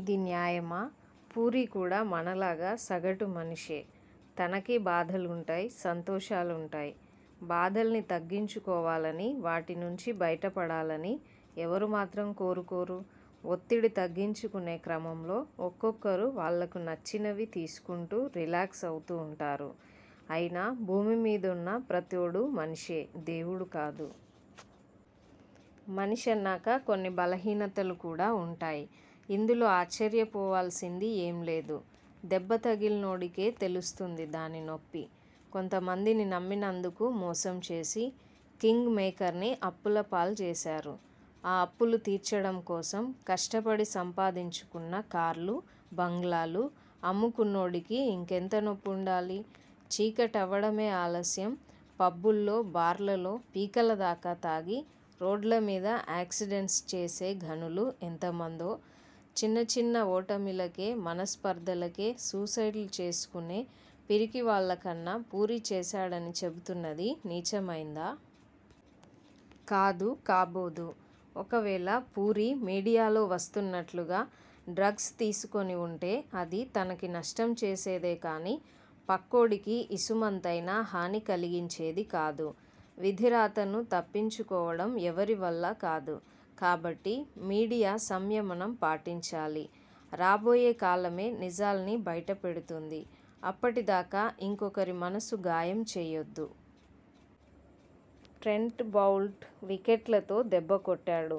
ఇది న్యాయమా? పూరీకూడా మనలాగా సగటు మనిషే. తనకి బాధలుంటాయ్ సంతోషాలుంటాయ్. బాదల్ని తగ్గించు కోవాలని వాటి నుంచి బయట పడాలని ఎవరు మాత్రం కోరుకోరు. ఒత్తిడి తగ్గించుకునే క్రమంలో ఒక్కొక్కరు వాళ్లకు నచ్చినవి తీసుకుంటూ రిలాక్స్ అవుతుంటారు. అయినా, భూమి మీదున్న ప్రతోడు మనిషే, దేవుడు కాదు. మనిషన్నాక కొన్ని బలహీనతలు కూడా వుంటాయి. ఇందులో ఆశ్ఛర్య పోవాల్సింది ఏంలేదు. దెబ్బ తగిలినోడికే తెలుస్తుంది దాని నొప్పి. కొంతమందిని నమ్మినందుకు మోసం చేసి కింగ్ మేకర్ని అప్పులపాల్జేశారు. ఆ అప్పులు తీర్చడంకోసం కష్టపడి సంపాదించుకున్న కార్లూ, బంగ్లాలు అమ్ముకున్నోడికి ఇంకెంత నొప్పుండాలి. చీకటవ్వడమే ఆలస్యం, పబ్బుల్లో బార్లలో పీకలదాకా తాగి రోడ్ల మీద యాక్సిడెంట్స్ చేసే ఘనులు ఎంతమందో చిన్న చిన్న ఓటమిలకే, మనస్పర్థలకే సూసైడ్ లు చేసుకునే పిరికివాళ్ళ కన్నా పూరీ చేశాడని చెబుతున్నది నీచమైందా? కాదు. కాబోదు. ఒకవేళ పూరీ మీడియాలో వస్తున్నట్లుగా డ్రగ్స్ తీసుకొని వుంటే అది తనకి నష్టం చేసేదే కానీ పక్కోడికి ఇసుమంతైనా హాని కలిగించేది కాదు. విధి రాతను తప్పించుకోవటం ఎవరివల్లా కాదు. కాబట్టి మీడియా సంయమనం పాటించాలి. రాబోయే కాలమే నిజాల్ని బయటపెడుతుంది. అప్పటిదాకా ఇంకొకరి మనసు గాయం చేయొద్దు. ట్రెంట్ బౌల్ట్ వికెట్లతో దెబ్బ కొట్టాడు.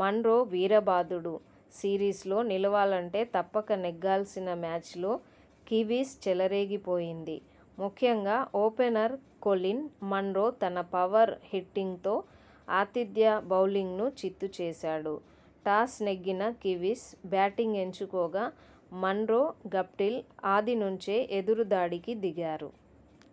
మన్రో వీరబాదుడు సిరీస్లో నిలవాలంటే తప్పక నెగ్గాల్సిన మ్యాచ్ లో కివీస్ చెలరేగిపో యింది. ముఖ్యంగా ఓపెనర్ కొలిన్ మన్రో తన పవర్ హిట్టింగ్తో ఆతిథ్య బౌలింగ్ను చిత్తు చేశాడు. టాస్ నెగ్గిన కివీస్ బ్యాటింగ్ ఎంచుకోగా మన్రో, గప్టిల్ ఆది నుంచే ఎదురుదాడికి దిగారు.